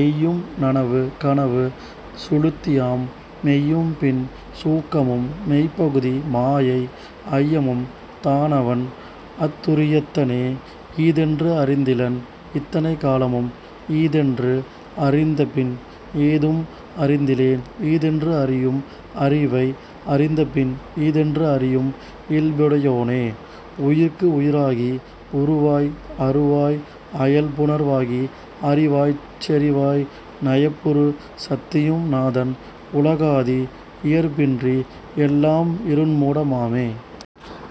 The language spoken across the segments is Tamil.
எய்யும் நனவு கனவு சுழுத்தியாம் மெய்யும்பின் சூக்கமும் மெய்ப்பகுதி மாயை ஐயமும் தான்அவன் அத்துரி யத்தனே. ஈதென்று அறிந்திலன் இத்தனை காலமும் ஈதென்று அறிந்தபின் ஏதும் அறிந்திலேன் ஈதென்று அறியும் அறிவை அறிந்தபின் ஈதென்று அறியும் இயல்புடை யோனே. உயிர்க்குஉயி ராகி உருவாய் அருவாய் அயல்புணர் வாகி அறிவாய்ச் செறிவாய் நயப்புறு சத்தியும் நாதன் உலகாதி இயற்பின்றி எல்லாம் இருண்மூட மாமே.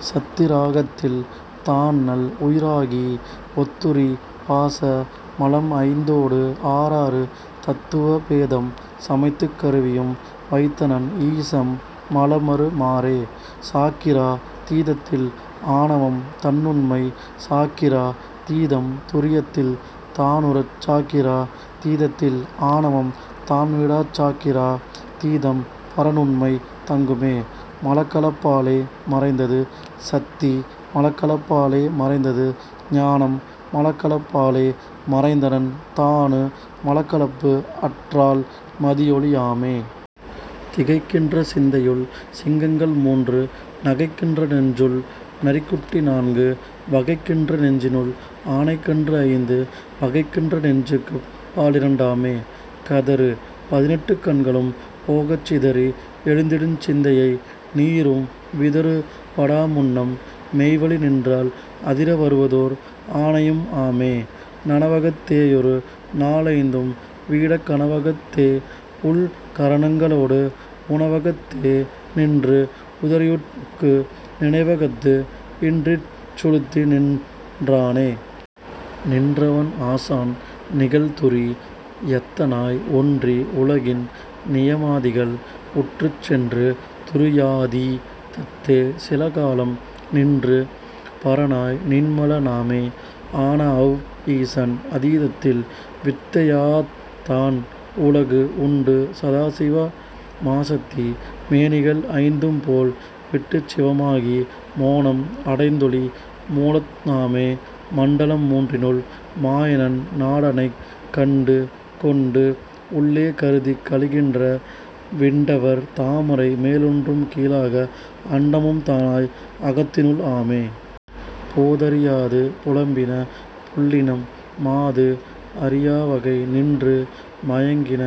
சத்தி இராகத்தில் தான்நல் உயிராகி ஒத்துறி பாச மலம்ஐந்தோடு ஆறாறு தத்துவ பேதம் சமைத்துக் கருவியும் வைத்தனன் ஈசன் மலம்அறு மாறே. சாக்கிரா தீதத்தில் ஆணவம் தன்னுண்மை சாக்கிரா தீதம் துரியத்தில் தானுறச் சாக்கிரா தீதத்தில் ஆணவம் தான்விடாச் சாக்கிரா தீதம் பரன்உண்மை தங்குமே. மலக்கலப் பாலே மறைந்தது சத்தி மலக்கலப் பாலே மறைந்தது ஞானம் மலக்கலப் பாலே மறைந்தனன் தாணு மலக்கலப்பு அற்றால் மதியொளி யாமே. திகைக்கின்ற சிந்தையுள் சிங்கங்கள் மூன்று நகைக்கின்ற நெஞ்சுள் நரிக்குட்டி நான்கு வகைக்கின்ற நெஞ்சினுள் ஆனைக்கன்று ஐந்து பகைக்கின்ற நெஞ்சுக்குப் பாலிரண் டாமே. கதறு பதினெட்டுக் கண்களும் போகச் சிதறி எழுந்திடுஞ் சிந்தையை நீரும் விதறு படாமுன்னம் மெய்வழி நின்றால் அதிர வருவதோர் ஆனையும் ஆமே. நனவகத் தேயொரு நாலைந்தும் வீடக் கனவகத் தேஉள் கரணங்க ளோடு முனவகத் தேநின்று உதறியுட் புக்கு நினைவகத்து இன்றிச் சுழுத்திநின் றானே. நின்றவன் ஆசான் நிகழ்துரி யத்தனாய் ஒன்றி உலகின் நியமாதிகள் உற்றுச் சென்று துரியாதீ தத்தே சிலகாலம் நின்று பரனாய் நின்மல னாமே. ஆனஅவ் ஈசன் அதீதத்தில் வித்தையாத் தான்உலகு உண்டு சதாசிவ மாசத்தி மேனிகள் ஐந்தும்போல் விட்டுச் சிவமாகி மோனம் அடைந்தொளி மூலத் னாமே. மண்டலம் மூன்றினுள் மாயநன் நாடனைக் கண்டுகொண்டு உள்ளே கருதிக் கழிகின்ற விண்டவர் தாமரை மேலொன்றும் கீழாக அண்டமும் தானாய் அகத்தினுள் ஆமே. போதறி யாது புலம்பின புள்ளினம் மாது அறி யாவகை நின்று மயங்கின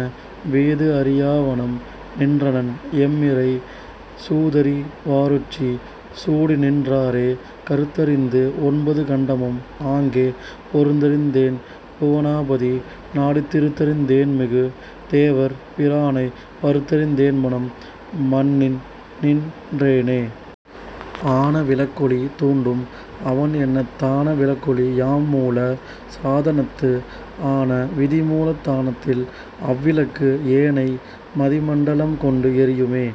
வேதுஅறி யாவணம் நின்றனன் எம்இறை சூதறி வாருச்சி சூடிநின் றாரே. கருத்தறிந்து ஒன்பது கண்டமும் ஆங்கே பொருந்தறிந் தேன்புவ னாபதி நாடித் திருத்தறிந் தேன்மிகு தேவர் பிரானை பருத்தறிந் தேன்மனம் மன்னிநின் றேனே. ஆன விளக்கொளி தூண்டும் அவன் என்னத் தான விளக்கொளி யாம்மூல சாதனத்து ஆன விதிமூலத் தானத்தில் அவ்விளக்கு ஏனை மதிமண்ட லம்கொண்டு எரியுமே.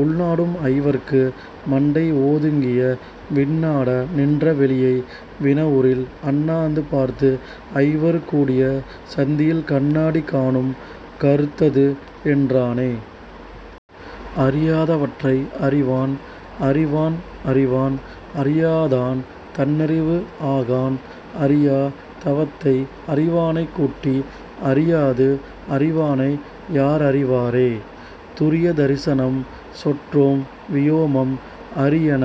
உள்நாடும் ஐவர்க்கு மண்டை ஓதுங்கிய விண்நாட நின்ற வெளியை வினவுறில் அண்ணாந்து பார்த்துஐவர் கூடிய சந்தியில் கண்நாடி காணும் கருத்ததுஎன் றானே. அறியாத வற்றை அறிவான் அறிவான் அறிவான் அறியாதான் தன்னறிவு ஆகான் அறியா தவத்தை அறிவானைக் கூட்டி அறியாது அறிவானை யார்அறிவாரே. துரிய தரிசனம் சொற்றோம் வியோமம் அரியன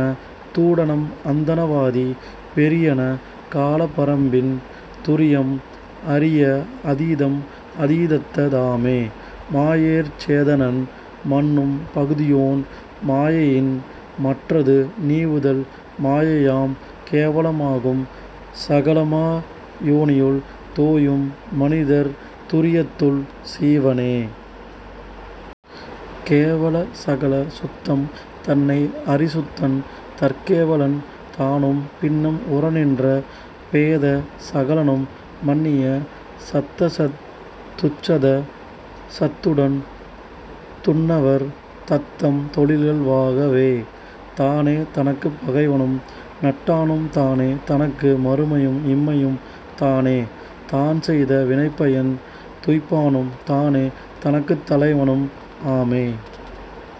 தூடணம் அந்தண வாதி பெரியன கால பரம்பின் துரியம் அரிய அதீதம் அதீதத்த தாமே. மாயையிற் சேதனன் மன்னும் பகுதியோன் மாயையின் மற்றது நீவுதல் மாயையாம் கேவல மாகும் சகலமா யோனியுள் தோயும் மனிதர் துரியத்துள் சீவனே.. கேவல சகல சுத்தம் தன்னை அறிசுத்தன் தற்கேவ லன்தானும் பின்னம் உறநின்ற பேத சகலனும் மன்னிய சத்தசத் துச்சத சத்துடன் துன்னவர் தத்தம் தொழில்கள் வாகவே. தானே தனக்குப் பகைவனும் நட்டானும் தானே தனக்கு மறுமையும் இம்மையும் தானே தான்செய்த வினைப்பயன் துய்ப்பானும் தானே தனக்குத் தலைவனும் ஆமே.